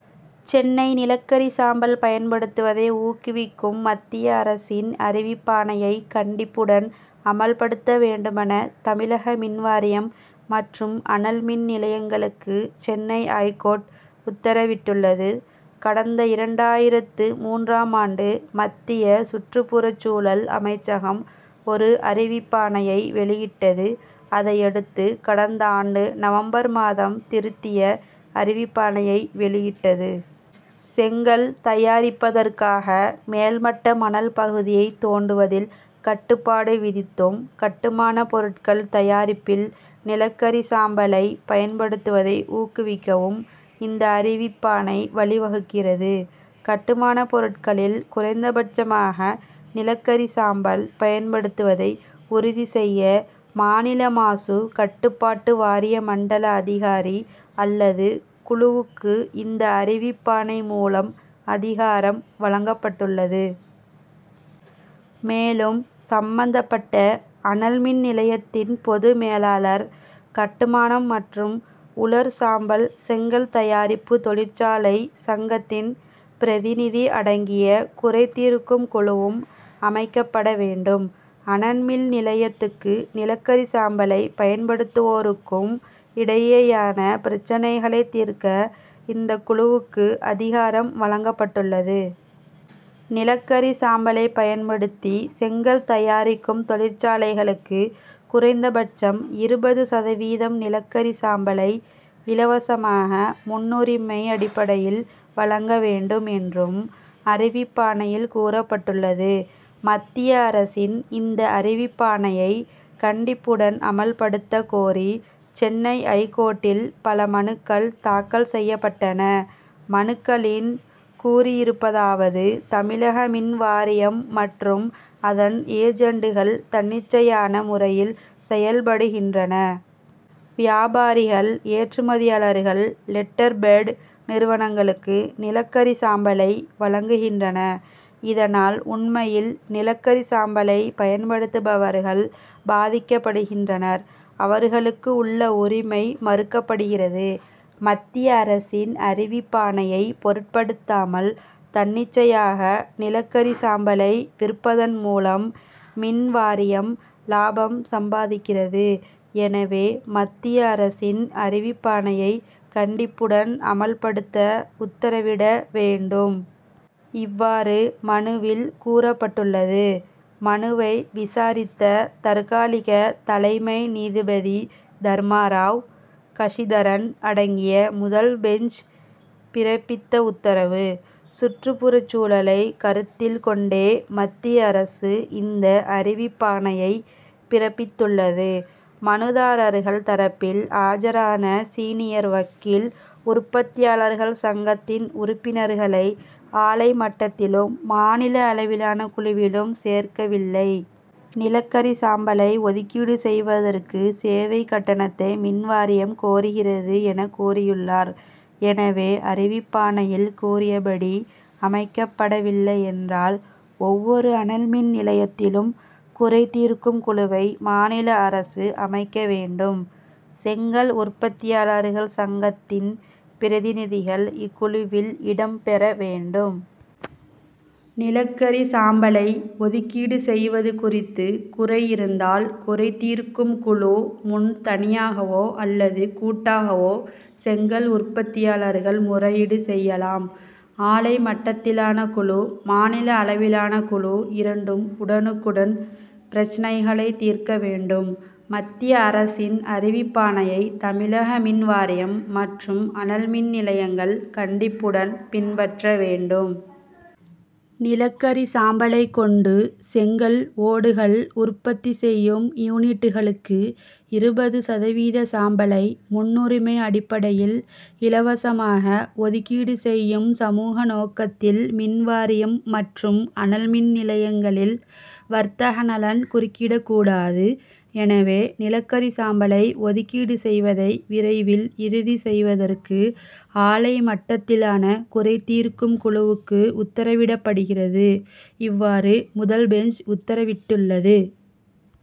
சென்னை நிலக்கரி சாம்பல் பயன்படுத்துவதை ஊக்குவிக்கும் மத்திய அரசின் அறிவிப்பாணையை கண்டிப்புடன் அமல்படுத்த வேண்டுமென, தமிழக மின் வாரியம் மற்றும் அனல் மின் நிலையங்களுக்கு சென்னை ஐகோர்ட் உத்தரவிட்டுள்ளது. கடந்த இரண்டாயிரத்து மூன்றாம் ஆண்டு, மத்திய சுற்றுப்புறச்சூழல் அமைச்சகம் ஒரு அறிவிப்பாணையை வெளியிட்டது. அதையடுத்து, கடந்த ஆண்டு நவம்பர் மாதம் திருத்திய அறிவிப்பாணையை வெளியிட்டது. செங்கல் தயாரிப்பதற்காக மேல்மட்ட மணல் பகுதியைத் தோண்டுவதில் கட்டுப்பாடு விதித்தும், கட்டுமானப் பொருட்கள் தயாரிப்பில் நிலக்கரி சாம்பலை பயன்படுத்துவதை ஊக்குவிக்கவும் இந்த அறிவிப்பாணை வழி வகுக்கிறது. கட்டுமானப் பொருட்களில் குறைந்தபட்சமாக நிலக்கரி சாம்பல் பயன்படுத்துவதை உறுதி செய்ய, மாநில மாசு கட்டுப்பாட்டு வாரிய மண்டல அதிகாரி அல்லது குழுவுக்கு இந்த அறிவிப்பாணை மூலம் அதிகாரம் வழங்கப்பட்டுள்ளது. மேலும், சம்பந்தப்பட்ட அனல் மின் நிலையத்தின் பொது மேலாளர், கட்டுமானம் மற்றும் உலர் சாம்பல் செங்கல் தயாரிப்பு தொழிற்சாலை சங்கத்தின் பிரதிநிதி அடங்கிய குறை தீர்க்கும் குழுவும் அமைக்கப்பட வேண்டும். அனல் மின் நிலையத்துக்கும், நிலக்கரி சாம்பலை பயன்படுத்துவோருக்கும் இடையேயான பிரச்னைகளைத் தீர்க்க இந்தக் குழுவுக்கு அதிகாரம் வழங்கப்பட்டுள்ளது. நிலக்கரி சாம்பலை பயன்படுத்தி செங்கல் தயாரிக்கும் தொழிற்சாலைகளுக்கு குறைந்தபட்சம் இருபது சதவீதம் நிலக்கரி சாம்பலை இலவசமாக முன்னுரிமை அடிப்படையில் வழங்க வேண்டும் என்றும் அறிவிப்பாணையில் கூறப்பட்டுள்ளது. மத்திய அரசின் இந்த அறிவிப்பாணையை கண்டிப்புடன் அமல்படுத்தக் கோரி, சென்னை ஐகோர்ட்டில் பல மனுக்கள் தாக்கல் செய்யப்பட்டன. மனுக்களில் கூறியிருப்பதாவது: தமிழக மின் வாரியம் மற்றும் அதன் ஏஜன்டுகள் தன்னிச்சையான முறையில் செயல்படுகின்றன. வியாபாரிகள், ஏற்றுமதியாளர்கள், லெட்டர் பேடு நிறுவனங்களுக்கு நிலக்கரி சாம்பலை வழங்குகின்றன. இதனால், உண்மையில் நிலக்கரி சாம்பலை பயன்படுத்துபவர்கள் பாதிக்கப்படுகின்றனர்; அவர்களுக்கு உள்ள உரிமை மறுக்கப்படுகிறது. மத்திய அரசின் அறிவிப்பாணையை பொருட்படுத்தாமல், தன்னிச்சையாக நிலக்கரி சாம்பலை விற்பதன் மூலம் மின் வாரியம் லாபம் சம்பாதிக்கிறது. எனவே, மத்திய அரசின் அறிவிப்பாணையை கண்டிப்புடன் அமல்படுத்த உத்தரவிட வேண்டும். இவ்வாறு மனுவில் கூறப்பட்டுள்ளது. மனுவை விசாரித்த தற்காலிக தலைமை நீதிபதி தர்மா ராவ், சசிதரன் அடங்கிய முதல் பெஞ்ச் பிறப்பித்த உத்தரவு: சுற்றுப்புறச்சூழலை கருத்தில் கொண்டே மத்திய அரசு இந்த அறிவிப்பாணையை பிறப்பித்துள்ளது. மனுதாரர்கள் தரப்பில் ஆஜரான சீனியர் வக்கீல், உற்பத்தியாளர்கள் சங்கத்தின் உறுப்பினர்களை ஆலை மட்டத்திலும், மாநில அளவிலான குழுவிலும் சேர்க்கவில்லை. நிலக்கரி சாம்பலை ஒதுக்கீடு செய்வதற்கு சேவை கட்டணத்தை மின் வாரியம் கோருகிறது' என கூறியுள்ளார். எனவே, அறிவிப்பாணையில் கூறியபடி அமைக்கப்படவில்லை என்றால், ஒவ்வொரு அனல் மின் நிலையத்திலும் குறை தீர்க்கும் குழுவை மாநில அரசு அமைக்க வேண்டும். செங்கல் உற்பத்தியாளர்கள் சங்கத்தின் பிரதிநிதிகள் இக்குழுவில் இடம் பெற வேண்டும். நிலக்கரி சாம்பலை ஒதுக்கீடு செய்வது குறித்து குறை இருந்தால், குறை தீர்க்கும் குழு முன் தனியாகவோ அல்லது கூட்டாகவோ செங்கல் உற்பத்தியாளர்கள் முறையீடு செய்யலாம். ஆலை மட்டத்திலான குழு, மாநில அளவிலான குழு இரண்டும் உடனுக்குடன் பிரச்னைகளைத் தீர்க்க வேண்டும். மத்திய அரசின் அறிவிப்பாணையை தமிழக மின் வாரியம் மற்றும் அனல் மின் நிலையங்கள் கண்டிப்புடன் பின்பற்ற வேண்டும். நிலக்கரி சாம்பலை கொண்டு செங்கல், ஓடுகள் உற்பத்தி செய்யும் யூனிட்டுகளுக்கு இருபது சதவீத சாம்பலை, முன்னுரிமை அடிப்படையில் இலவசமாக ஒதுக்கீடு செய்யும் சமூக நோக்கத்தில், மின் வாரியம் மற்றும் அனல் மின் நிலையங்களில் வர்த்தக நலன் குறுக்கிடக்கூடாது. எனவே, நிலக்கரி சாம்பலை ஒதுக்கீடு செய்வதை விரைவில் இறுதி செய்வதற்கு, ஆலை மட்டத்திலான குறை தீர்க்கும் குழுவுக்கு உத்தரவிடப்படுகிறது. இவ்வாறு முதல் பெஞ்ச் உத்தரவிட்டுள்ளது.